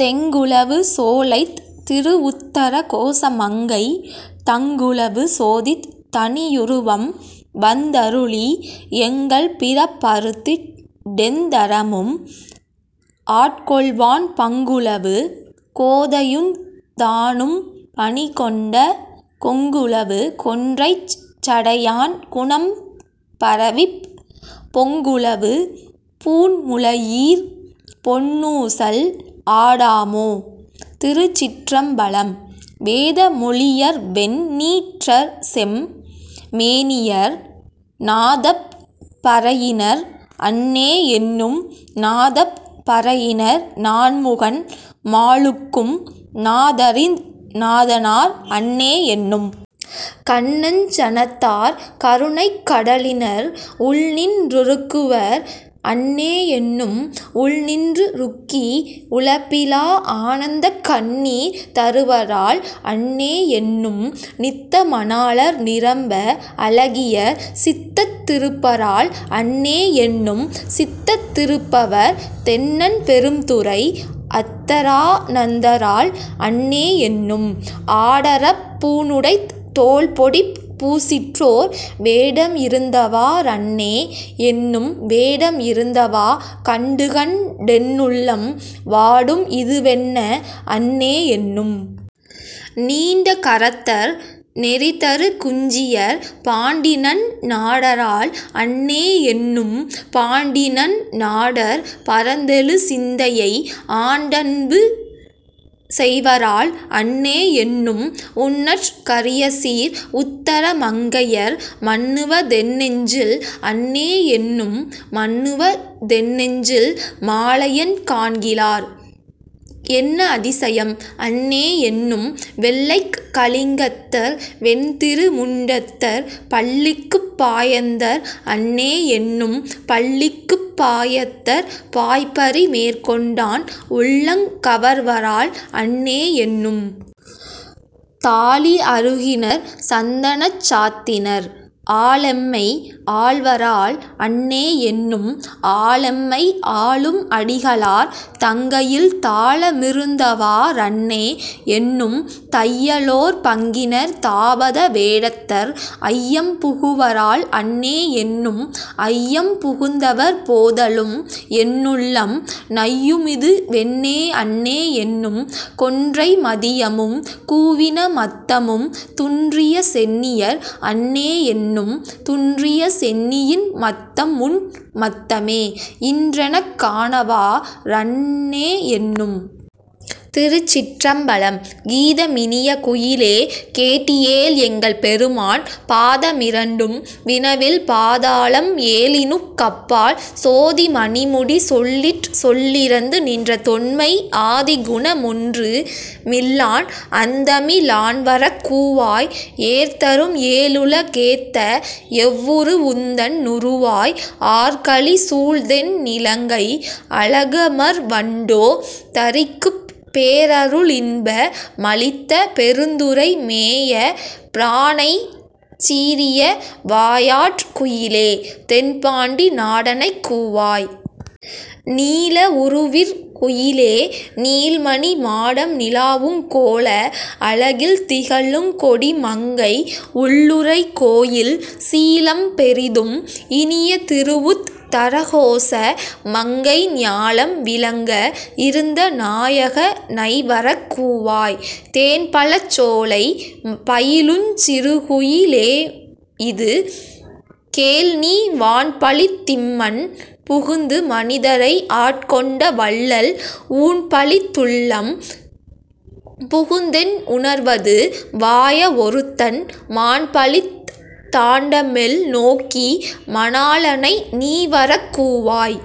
தெங்குலவு சோலைத் திருஉத்தர கோசமங்கை தங்குலவு சோதித் தனியுருவம் வந்தருளி எங்கள் பிறப்பறுத்திட் டெந்தரமும் ஆட்கொள்வான் பங்குலவு கோதையுந் தானும் பணிகொண்ட கொங்குலவு கொன்றைச் சடையான் குணம்பரவிப் பொங்குலவு பூண்முலையீர் பொன்னூசல் ஆடாமோ. திருச்சிற்றம்பலம் வேத மொழியர்வெண் ணீற்றர்செம் மேனியர் நாதப் பறையினர் அன்னே என்னும் நாதப் பறையினர் நான்முகன் மாலுக்கும் நாதரிந் நாதனார் அன்னே என்னும். கண்ணஞ் சனத்தார் கருணைக் கடலினர் உள்நின் றுருக்குவர் அன்னே என்னும் உள்நின் றுருக்கி உலப்பிலா ஆனந்தக் கண்ணீர் தருவரால் அன்னே என்னும். நித்த மணாளர் நிரம்ப அழகியர் சித்தத் திருப்பரால் அன்னே என்னும் சித்தத் திருப்பவர் தென்னன் பெரும்துறை அத்தர்ஆ னந்தரால் அன்னே என்னும். ஆடரப் பூணுடைத் தோல்பொடிப் பூசிற்றோர் வேடம் இருந்தவா றன்னே என்னும் வேடம் இருந்தவா கண்டுகண் டென்னுள்ளம் வாடும் இதுவென்ன அன்னே என்னும். நீண்ட கரத்தர் நெறிதரு குஞ்சியர் பாண்டிநன் னாடரால் அன்னே என்னும் பாண்டிநன் னாடர் பரந்தெழு சிந்தையை ஆண்டன்பு செய்வரால் அன்னே என்னும். உன்னற் கரியசீர் உத்தர மங்கையர் மன்னுவ தென்நெஞ்சில் அன்னே என்னும் மன்னுவ தென்நெஞ்சில் மாலயன் காண்கிலார் என்ன அதியசம் அன்னே என்னும். வெள்ளைக் கலிங்கத்தர் வெண்திரு முண்டத்தர் பள்ளிக்குப் பாயந்தர் அன்னே என்னும் பள்ளிக்குப் பாயத்தர் பாய்பரி மேற்கொண்டான் உள்ளங் கவர்வரால் அன்னே என்னும். தாளி அறுகினர் சந்தனச் சாந்தினர் ஆளெம்மை ஆள்வரால் அன்னே என்னும் ஆளெம்மை ஆளும் அடிகளார் தங்கையில் தாள மிருந்தவா றன்னே என்னும். தையலோர் பங்கினர் தாபத வேடத்தர் ஐயம் புகுவரால் அன்னே என்னும் ஐயம் புகுந்தவர் போதலும் என்னுள்ளம் நையுமிது வென்னே அன்னே என்னும். கொன்றை மதியமும் கூவின மத்தமும் துன்றிய சென்னியர் அன்னே என்னும் துன்றிய சென்னியின் மத்தம்உன் மத்தமே இன்றெனக் கானவா றன்னே என்னும். திருச்சிற்றம்பலம் கீத மினிய குயிலே கேட்டியேல் எங்கள் பெருமான் பாத மிரண்டும் வினவில் பாதாளம் ஏழினுக் கப்பால் சோதி மணிமுடி சொல்லிற் சொல்லிறந்து நின்ற தொன்மை ஆதிகுண மொன்று மில்லான் அந்தமி லான்வரக் கூவாய். ஏர்தரும் ஏழுல கேத்த எவ்வுரு வுந்தன் னுருவாய் ஆர்கலி சூழ்தென் னிலங்கை அழகமர் வண்டோ தரிக்குப் பேரருளின்ப மளித்த பெருந்துறை மேய பிரானைச் சீரிய வாயாற் குயிலே தென்பாண்டி நாடனைக் கூவாய். நீல வுருவிற் குயிலே நீள்மணி மாடம் நிலாவுங் கோல அழகில் திகழுங் கொடிமங்கை உள்ளுறை கோயில் சீலம் பெரிதும் இனிய திருவுத் தரகோச மங்கை ஞாலம் விளங்க இருந்த நாயக னைவரக் கூவாய். தேன்பழச் சோலை பயிலுஞ் சிறுகுயி லேயிது கேள்நீ வான்பழித் திம்மண் புகுந்து மனிதரை ஆட்கொண்ட வள்ளல் ஊன்பழித் துள்ளம் புகுந்தென் உணர்வது வாய வொருத்தன் மான்பழித் தாண்டமெல் நோக்கி மணாளனை நீவரக் கூவாய்.